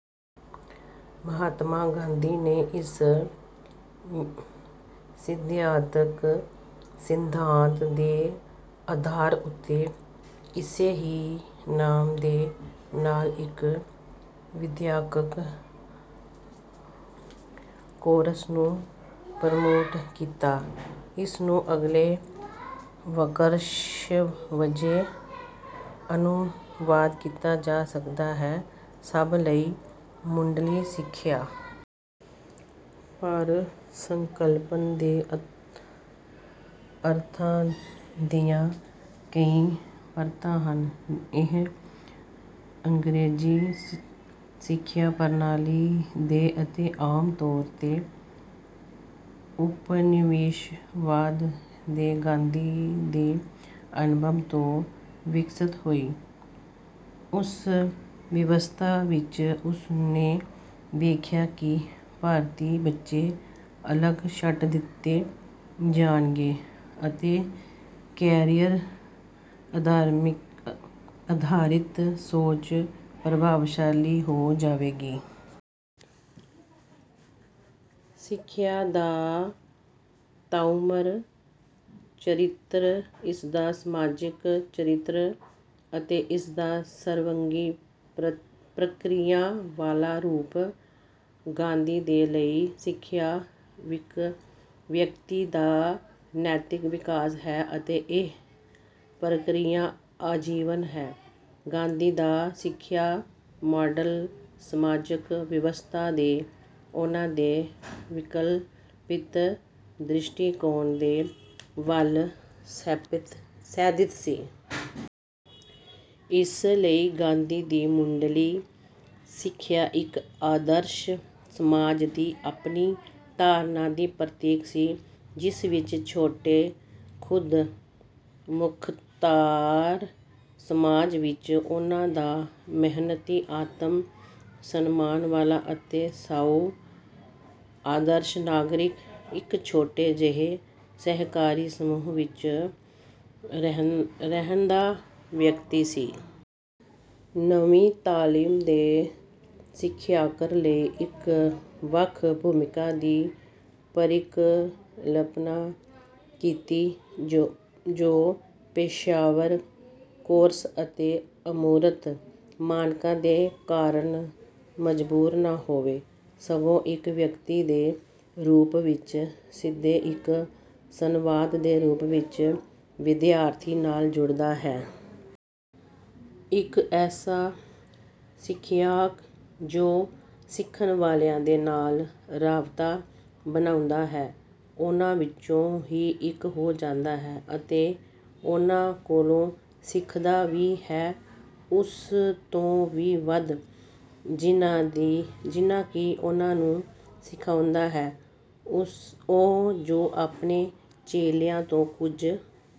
ਮਹਾਤਮਾ ਗਾਂਧੀ ਨੇ ਇਸ ਸਿੱਖਿਅਕ ਸਿੱਧਾਂਤ ਦੇ ਆਧਾਰ ਉੱਤੇ ਇਸੇ ਹੀ ਨਾਮ ਦੇ ਨਾਲ ਇੱਕ ਵਿਦਿਅਕ ਕੋਰਸ ਨੂੰ ਪ੍ਰਮੋਟ ਕੀਤਾ। ਇਸ ਨੂੰ ਅਗਲੇ ਵਾਕੰਸ਼ ਵਜੋਂ ਅਨੁਵਾਦ ਕੀਤਾ ਜਾ ਸਕਦਾ ਹੈ ਸਭ ਲਈ ਮੁੱਢਲੀ ਸਿੱਖਿਆ। ਪਰ ਸੰਕਲਪ ਦੇ ਅਰਥਾਂ ਦੀਆਂ ਕਈ ਪਰਤਾਂ ਹਨ। ਇਹ ਅੰਗਰੇਜ਼ੀ ਸਿੱਖਿਆ ਪ੍ਰਣਾਲੀ ਦੇ ਅਤੇ ਆਮ ਤੌਰ ਤੇ ਉਪਨਿਵੇਸ਼ਵਾਦ ਦੇ ਗਾਂਧੀ ਦੇ ਅਨੁਭਵ ਤੋਂ ਵਿਕਸਿਤ ਹੋਈ। ਉਸ ਵਿਵਸਥਾ ਵਿੱਚ ਉਸ ਨੇ ਵੇਖਿਆ ਕਿ ਭਾਰਤੀ ਬੱਚੇ ਅਲੱਗ ਛੱਡ ਦਿੱਤੇ ਜਾਣਗੇ ਅਤੇ ਕੈਰੀਅਰ ਆਧਾਰਿਤ ਸੋਚ ਪ੍ਰਭਾਵਸ਼ਾਲੀ ਹੋ ਜਾਵੇਗੀ। ਸਿੱਖਿਆ ਦਾ ਤਾਉਮਰ ਚਰਿੱਤਰ ਇਸਦਾ ਸਮਾਜਕ ਚਰਿੱਤਰ ਅਤੇ ਇਸਦਾ ਸਰਬੰਗੀ ਪ੍ਰਕਿਰਿਆ ਵਾਲਾ ਰੂਪ। ਗਾਂਧੀ ਦੇ ਲਈ ਸਿੱਖਿਆ ਵਿਅਕਤੀ ਦਾ ਨੈਤਿਕ ਵਿਕਾਸ ਹੈ ਅਤੇ ਇਹ ਪ੍ਰਕਿਰਿਆ ਆਜੀਵਨ ਹੈ। ਗਾਂਧੀ ਦਾ ਸਿੱਖਿਆ ਮਾਡਲ ਸਮਾਜਕ ਵਿਵਸਥਾ ਦੇ ਉਨ੍ਹਾਂ ਦੇ ਵਿਕਲਪਿਕ ਦ੍ਰਿਸ਼ਟੀਕੋਣ ਦੇ ਵੱਲ ਸੇਧਿਤ ਸੀ। ਇਸ ਲਈ ਗਾਂਧੀ ਦੀ ਮੁੱਢਲੀ ਸਿੱਖਿਆ ਇੱਕ ਆਦਰਸ਼ ਸਮਾਜ ਦੀ ਆਪਣੀ ਧਾਰਨਾ ਦੀ ਪ੍ਰਤੀਕ ਸੀ ਜਿਸ ਵਿੱਚ ਛੋਟੇ ਖੁਦ ਮੁਖਤਾਰ ਸਮਾਜਾਂ ਵਿੱਚ ਉਨ੍ਹਾਂ ਦਾ ਮਿਹਨਤੀ ਆਤਮ ਸਨਮਾਨ ਵਾਲਾ ਅਤੇ ਸਾਊ ਆਦਰਸ਼ ਨਾਗਰਿਕ ਇੱਕ ਛੋਟੇ ਜਿਹੇ ਸਹਿਕਾਰੀ ਸਮੂਹ ਵਿੱਚ ਰਹਿੰਦਾ ਵਿਅਕਤੀ ਸੀ। ਨਵੀਂ ਤਾਲੀਮ ਨੇ ਸਿਖਿਅਕ ਲਈ ਇੱਕ ਵੱਖ ਭੂਮਿਕਾ ਦੀ ਪਰਿਕਲਪਨਾ ਕੀਤੀ ਜੋ ਪੇਸ਼ੇਵਰ ਕੋਰਸ ਅਤੇ ਅਮੂਰਤ ਮਾਨਕਾਂ ਦੇ ਕਾਰਨ ਮਜ਼ਬੂਰ ਨਾ ਹੋਵੇ ਸਗੋਂ ਇੱਕ ਵਿਅਕਤੀ ਦੇ ਰੂਪ ਵਿੱਚ ਸਿੱਧੇ ਇੱਕ ਸੰਵਾਦ ਦੇ ਰੂਪ ਵਿੱਚ ਵਿਦਿਆਰਥੀ ਨਾਲ ਜੁੜਦਾ ਹੈ। ਇੱਕ ਐਸਾ ਸਿਖਿਅਕ ਜੋ ਸਿਖਣ ਵਾਲਿਆਂ ਦੇ ਨਾਲ ਰਾਬਤਾ ਬਣਾਉਂਦਾ ਹੈ ਉਨ੍ਹਾਂ ਵਿੱਚੋਂ ਹੀ ਇੱਕ ਹੋ ਜਾਂਦਾ ਹੈ ਅਤੇ ਉਨ੍ਹਾਂ ਕੋਲੋਂ ਸਿੱਖਦਾ ਵੀ ਹੈ ਉਸ ਤੋਂ ਵੀ ਵੱਧ ਜਿੰਨਾ ਕਿ ਉਨ੍ਹਾਂ ਨੂੰ ਸਿਖਾਉਂਦਾ ਹੈ। ਉਹ ਜੋ ਆਪਣੇ ਚੇਲਿਆਂ ਤੋਂ ਕੁੱਝ